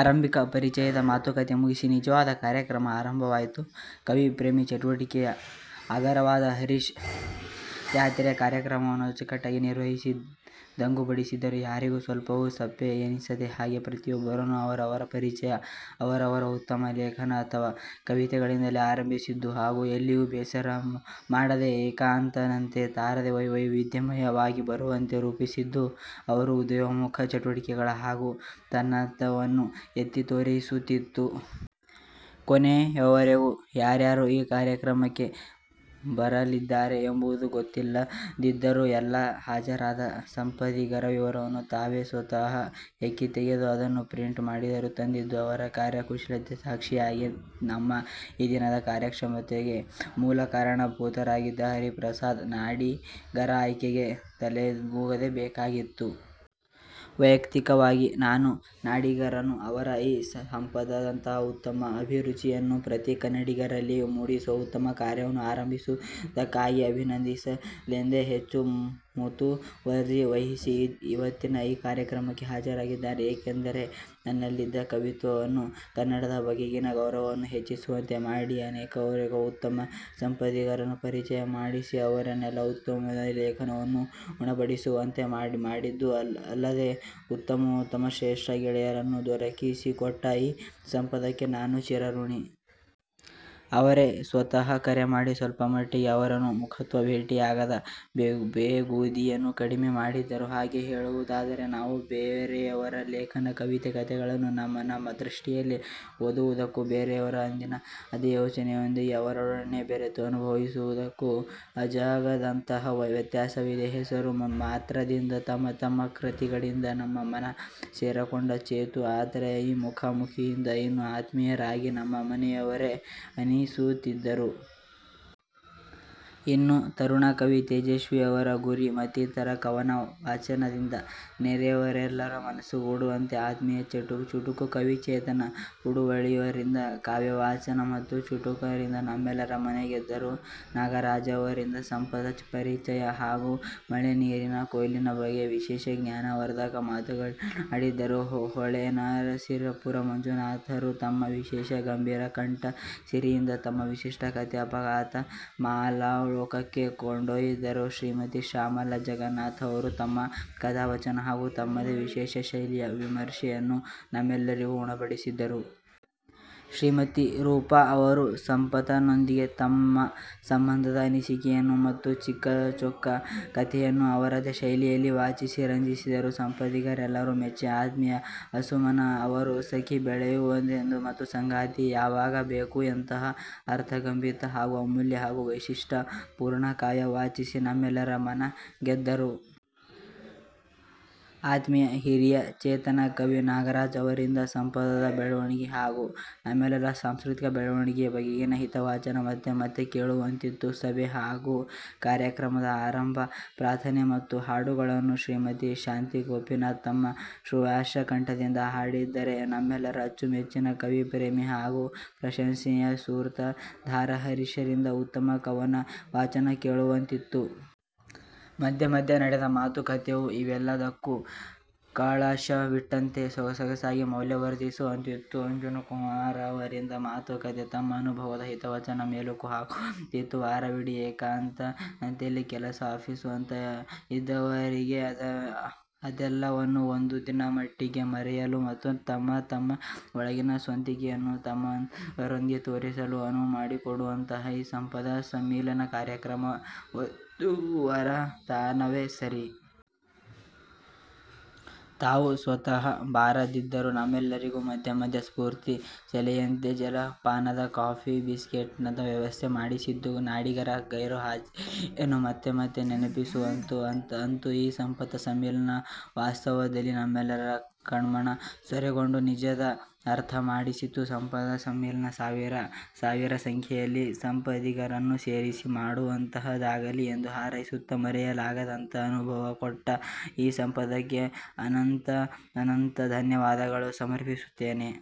ಆರಂಭಿಕ ಪರಿಚಯದ ಮಾತುಕಥೆ ಮುಗಿಸಿ, ನಿಜವಾದ ಕಾರ್ಯಕ್ರಮ ಆರಂಭವಾಯ್ತು. ಕವಿ ಪ್ರೇಮಿ, ಚಟುವಟಿಕೆಯ ಆಗರವಾದ ಹರೀಶ್ ಆತ್ರೇಯ ಕಾರ್ಯಕ್ರಮವನ್ನು ಅಚ್ಚುಕಟ್ಟಾಗಿ ನಿರ್ವಹಿಸಿ ದಂಗು ಬಡಿಸಿದರು. ಯಾರಿಗೂ ಸ್ವಲ್ಪವೂ ಸಪ್ಪೆ ಎನಿಸದ ಹಾಗೆ ಪ್ರತಿಯೊಬ್ಬರನ್ನೂ ಅವರವರ ಪರಿಚಯ ಅವರವರ ಉತ್ತಮ ಲೇಖನ ಅಥವಾ ಕವಿತೆಗಳಿಂದಲೇ ಆರಂಭಿಸಿದ್ದು ಹಾಗೂ ಎಲ್ಲಿಯೂ ಬೇಸರಕ್ಕೆಡಮಾಡದೇ, ಎಕತಾನತೆ ತಾರದೇ ವೈವಿಧ್ಯಮಯವಾಗಿ ಬರುವಂತೆ ರೂಪಿಸಿದ್ದು ಅವರ ಉದಯೋನ್ಮುಖ ಚಟುವಟಿಕೆಗಳ ಹಾಗೂ ತನ್ನತನವನ್ನು ಎತ್ತಿ ತೋರಿಸುತ್ತಿತ್ತು. ಕೊನೆಯವರೆಗೂ ಯಾರ್ಯಾರು ಈ ಕಾರ್ಯಕ್ರಮಕ್ಕೆ ಬರಲಿದ್ದಾರೆ ಎಂಬುದು ಗೊತ್ತಿಲ್ಲದಿದ್ದರೂ ಎಲ್ಲಾ ಹಾಜರಾದ ಸಂಪದಿಗರ ವಿವರಗಳನ್ನು ತಾವೇ ಸ್ವತಹ ಹೆಕ್ಕಿ ತೆಗೆದು ಅದನ್ನು ಪ್ರಿಂಟ್ ಮಾಡಿಯೂ ತಂದಿದ್ದು ಅವರ ಕಾರ್ಯ ಕುಶಲತೆಗೆ ಸಾಕ್ಷಿಯಾಗಿ, ನಮ್ಮ ಈ ದಿನದ ಕಾರ್ಯಕ್ಷಮತ್ವತೆಗೆ ಮೂಲ ಕಾರಣ ಭೂತರಾಗಿದ್ದ ಹರಿಪ್ರಸಾದ ನಾಡಿಗರ ಅಯ್ಕೆಗೆ ತಲೆದೂಗಲೇ ಬೇಕಾಗಿತ್ತು. ವಯ್ಯಕ್ತಿಕವಾಗಿ ನಾನು ನಾಡಿಗರನ್ನು ಅವರ ಈ ಸಂಪದದಂತಹ ಉತ್ತಮ ಅಭಿರುಚಿಯನ್ನು ಪ್ರತಿ ಕನ್ನಡಿಗರಲ್ಲಿ ಮೂಡಿಸುವ ಉತ್ತಮಕಾರ್ಯವನ್ನು ಅರಂಭಿಸಿದುದಕ್ಕಾಗಿ ಅಭಿನಂದಿಸಲೆಂದೇ ಹೆಚ್ಚು ಮುತುವರ್ಜಿ ವಹಿಸಿ ಇವತ್ತಿನ ಈ ಕಾರ್ಯಕ್ರಮಕ್ಕೆ ಹಾಜರಾಗಿದ್ದೆ, ಏಕೆಂದರೆ ನನ್ನಲ್ಲಿನ ಕವಿತ್ವವನ್ನು ಕನ್ನಡದ ಬಗೆಗಿನ ಗೌರವವನ್ನು ಹೆಚ್ಚಿಸುವಂತೆ ಮಾಡಿ ಅನೇಕಾನೇಕ ಉತ್ತಮ ಸಂಪದಿಗರನ್ನು ಪರಿಚಯಮಾಡಿಸಿ, ಅವರೆಲ್ಲರ ಉತ್ತಮೋತ್ತಮ ಲೇಖನಗಳನ್ನು ಉಣಬಡಿಸುವಂತೆ ಮಾಡಿದ್ದೂ ಅಲ್ಲದೇ ಉತ್ತಮೋತ್ತಮ ಶ್ರೇಷ್ಠ ಗೆಳೆಯರನ್ನೂ ದೊರಕಿಸಿಕೊಟ್ಟ ಈ ಸಂಪದಕ್ಕೆ ನಾನು ಚಿರಋಣಿ. ಅವರೇ ಸ್ವತಹ ಕರೆಮಾಡಿ ಸ್ವಲ್ಪ ಮಟ್ಟಿಗೆ ಅವರನ್ನು ಮುಖತಃ ಭೇಟಿಯಾಗದ ಬೇಗುದಿಯನ್ನು ಕಡಿಮೆ ಮಾಡಿದ್ದರು. ಹಾಗೆ ಹೇಳುವುದಾದರೆ ನಾವು ಬೇರೆಯವರ ಲೇಖನ, ಕವಿತೆ, ಕಥೆಗಳನ್ನು ನಮ್ಮ ನಮ್ಮ ದೃಷ್ಟಿಯಲ್ಲೇ ಓದುವುದಕ್ಕೂ, ಬರೆದವರ ಅಂದಿನ ಅದೇ ಯೋಚನೆಯೊಂದಿಗೆ ಅವರೊಡನೆಯೇ ಬೆರೆತು ಅನುಭವಿಸುವದಕ್ಕೂ ಅಜಗಜಾಂತರ ವ್ಯತ್ಯಾಸವಿದೆ. ಹೆಸರು ಮಾತ್ರದಿಂದ ತಮ್ಮ ತಮ್ಮ ಕೃತಿಗಳಿಂದ ನಮ್ಮ ಮನ ಸೂರೆಗೊಂಡ ಚೇತೂ, ಆತ್ರೇಯ, ಈ ಮುಖಾ ಮುಖಿಯಿಂದ ಇನ್ನೂ ಆತ್ಮೀಯರಾಗಿ ನಮ್ಮ ಮನೆಯವರೇ ಅನ್ನಿಸಿದರು. ಇನ್ನು ತರುಣ ಕವಿ ತೇಜಸ್ವೀಯವರ "ಗುರಿ",ಮತ್ತಿತರ ಕವನ ವಾಚನದಿಂದ ನೆರೆದವರೆಲ್ಲರ ಮನಸೂರೆಗೊಂಡರೆ, ಆತ್ಮೀಯ ಚುಟುಕು ಕವಿ ಚೇತನ್ ಕೂಡುವಳ್ಳಿಯವರಿಂದ ಕಾವ್ಯವಾಚನ ಮತ್ತು ಚುಟುಕದಿಂದ ನಮ್ಮೆಲ್ಲರ ಮನಗೆದ್ದರು. ನಾಗರಾಜರವರಿಂದ ಸಂಪದ ಪರಿಚಯ ಹಾಗೂ ಮಳೆನೀರಿನ ಕೊಯ್ಲಿನ ಬಗೆಗೆ ವಿಶೇಷ ಜ್ಞಾನವರ್ಧಕ ಮಾತುಗಳನ್ನಾಡಿದರು. ಹೊಳೆನರಸೀಪುರ ಮಂಜುನಾಥರು ತಮ್ಮ ವಿಶೇಷ ಗಂಭೀರ ಕಂಠ ಸಿರಿಯಿಂದ ತಮ್ಮ ವಿಶಿಷ್ಟ ಕಥೆ "ಅಫಘಾತ"ದ ಮಾಯಾಲೋಕಕ್ಕೆ ಕೊಂಡೊಯ್ದರೆ, ಶ್ರೀಮತಿ ಶ್ಯಾಮಲಾ ಜನಾರ್ಧನನ್ ಅವರು ತಮ್ಮ ಕಥಾವಾಚನ ಹಾಗೂ ತಮ್ಮದೇ ವಿಶೇಷ ಶೈಲಿಯ ವಿಮರ್ಶೆಯನ್ನೂ ನಮಗೆಲ್ಲರಿಗೂ ಉಣಬಡಿಸಿದರು. ಶ್ರೀಮತಿ ರೂಪಾ ರವರು ಸಂಪದದೊಂದಿಗಿನ ತಮ್ಮ ಸಂಭಂದದ ಅನಿಸಿಕೆಯನ್ನೂ ಮತ್ತು ಚಿಕ್ಕಚೊಕ್ಕ ಕಥೆಯನ್ನೂ ಅವರದೇ ಶೈಲಿಯಲ್ಲಿ ವಾಚಿಸಿ ರಂಜಿಸಿದರೆ, ಸಂಪದಿಗರೆಲ್ಲರ ಮೆಚ್ಚಿನ ಆತ್ಮೀಯ ಆಸುಮನ ಅವರು "ಸಖಿ, ಬೆಳೆಯುವದೆಂತು, ಮತ್ತು ಸಂಗಾತಿ ಯಾವಾಗ ಬೇಕು" ಎಂಬಂತಹ ಅರ್ಥಗರ್ಭಿತ, ಹಾಗೂ ಅಮೂಲ್ಯ ಹಾಗೂ ವೈಶಿಷ್ಟ ಪೂರ್ಣ ಕಾವ್ಯ ವಾಚಿಸಿ ನಮ್ಮೆಲ್ಲರ ಮನ ಗೆದ್ದರು. ಆತ್ಮೀಯ, ಹಿರಿಯ, ಚೇತನ ಕವಿ ನಾಗರಾಜ ಅವರಿಂದ ಸಂಪದದ ಬೆಳವಣಿಗೆ ಹೇಗೆ ಹಾಗೂ ನಮ್ಮೆಲ್ಲರ ಸಾಂಸ್ಕೃತಿಕ ಬೆಳವಣಿಗೆಯ ಬಗೆಗಿನ ಹಿತವಚನ ಮತ್ತೆ ಮತ್ತೆ ಕೇಳುವಂತಿತ್ತು. ಸಭೆ ಹಾಗೂ ಕಾರ್ಯಕ್ರಮದ ಆರಂಭ ಪ್ರಾರ್ಥನೆ ಮತ್ತು ಹಾಡುಗಳನ್ನು ಶ್ರೀಮತಿ ಶಾಂತಿ ಗೋಪೀನಾಥ್ ತಮ್ಮ ಸುಶ್ರಾವ್ಯ ಕಂಠದಿಂದ ಹಾಡಿದ್ದರೆ, ನಮ್ಮೆಲ್ಲರ ಅಚ್ಚುಮೆಚ್ಚಿನ ಕವಿ, ಪ್ರೇಮಿ, ಹಾಗೂ ಪ್ರಶಂಶನೀಯ ಸೂತ್ರಧಾರ ಹರೀಶ್ ರಿಂದ "ಉತ್ತರ ಕವನ" ವಾಚನ ಕೇಳುವಂತಿತ್ತು. ಮಧ್ಯೆ ಮಧ್ಯೆ ನಡೆದ ಮಾತು ಕಥೆಯೂ ಇವೆಲ್ಲವಕ್ಕೂ ಕಳಶವಿಟ್ಟಂತೆ ಸೊಗಸಾಗಿ ಮೌಲ್ಯವರ್ಧಿಸುವಂತಿತ್ತು. ಅಂಜನ ಕುಮಾರ ಅವರಿಂದ ಮಾತು ಕಥೆ ತಮ್ಮ ಅನುಭವದ ಹಿತವಚನ ಮೆಲುಕು ಹಾಕುವಂತಿತ್ತು ವಾರವಿಡೀ ಏಕತಾನತೆಯಲ್ಲಿ ಕೆಲಸ ಆಫೀಸು ಅಂತ ಇದ್ದವರಿಗೆ, ಅದೆಲ್ಲವನ್ನೂ ಒಂದು ದಿನದ ಮಟ್ಟಿಗೆ ಮರೆಯಲು, ಮತ್ತು ತಮ್ಮ ತಮ್ಮ ಒಳಗಿನ ಸ್ವಂತಿಕೆಯನ್ನು ತಮ್ಮಂತವರೆದುರೇ ತೋರಿಸಲು ಅನುವು ಮಾಡಿಕೊಟ್ಟಂತಹ ಈ ಸಂಪದ ಸಂಮಿಲನ ಕಾರ್ಯಕ್ರಮ ಒಂದು ವರದಾನವೇ ಸರಿ. ತಾವು ಸ್ವತಹ ಬಾರದಿದ್ದರೂ ನಮಗೆಲ್ಲರಿಗೂ ಮಧ್ಯೆ ಮಧ್ಯೆ ಸ್ಪೂರ್ತಿ ಸೆಲೆಯಂತೆ ಜಲಪಾನದ, ಕಾಫಿ ಬಿಸ್ಕಿಟ್ ನ ವ್ಯವಸ್ಥೆ ಮಾಡಿಸಿದ್ದು, ನಾಡಿಗರ ಗೈರು ಹಾಜರಿಯನ್ನು ಮತ್ತೆ ಮತ್ತೆ ನೆನಪಿಸುವಂತಿತ್ತು. ಅಂತೂ ಈ ಸಂಪದ ಸಂಮಿಲನ ವಾಸ್ತವದಲ್ಲಿ ನಮ್ಮೆಲ್ಲರ ಕಣ್ಮನ ಸೂರೆಗೊಂಡು ನಿಜದ ಅರ್ಥ ಮೂಡಿಸಿತು. ಸಂಪದದ ಸಂಮಿಲನ ಸಾವಿರ ಸಾವಿರ ಸಂಖ್ಯೆಯಲ್ಲಿ ಸಂಪದಿಗರನ್ನು ಸೇರಿಸಿ ಮಾಡುವಂತಹದ್ದಾಗಲಿ ಎಂದು ಹಾರೈಸುತ್ತ, ಮರೆಯಲಾಗದಂತಹ ಅನುಭವವನ್ನು ಕೊಟ್ಟ ಈ ಸಂಪದಕ್ಕೆ ಅನಂತಾನಂತ ಧನ್ಯವಾದಗಳನ್ನು ಅರ್ಪಿಸುತ್ತೇನೆ.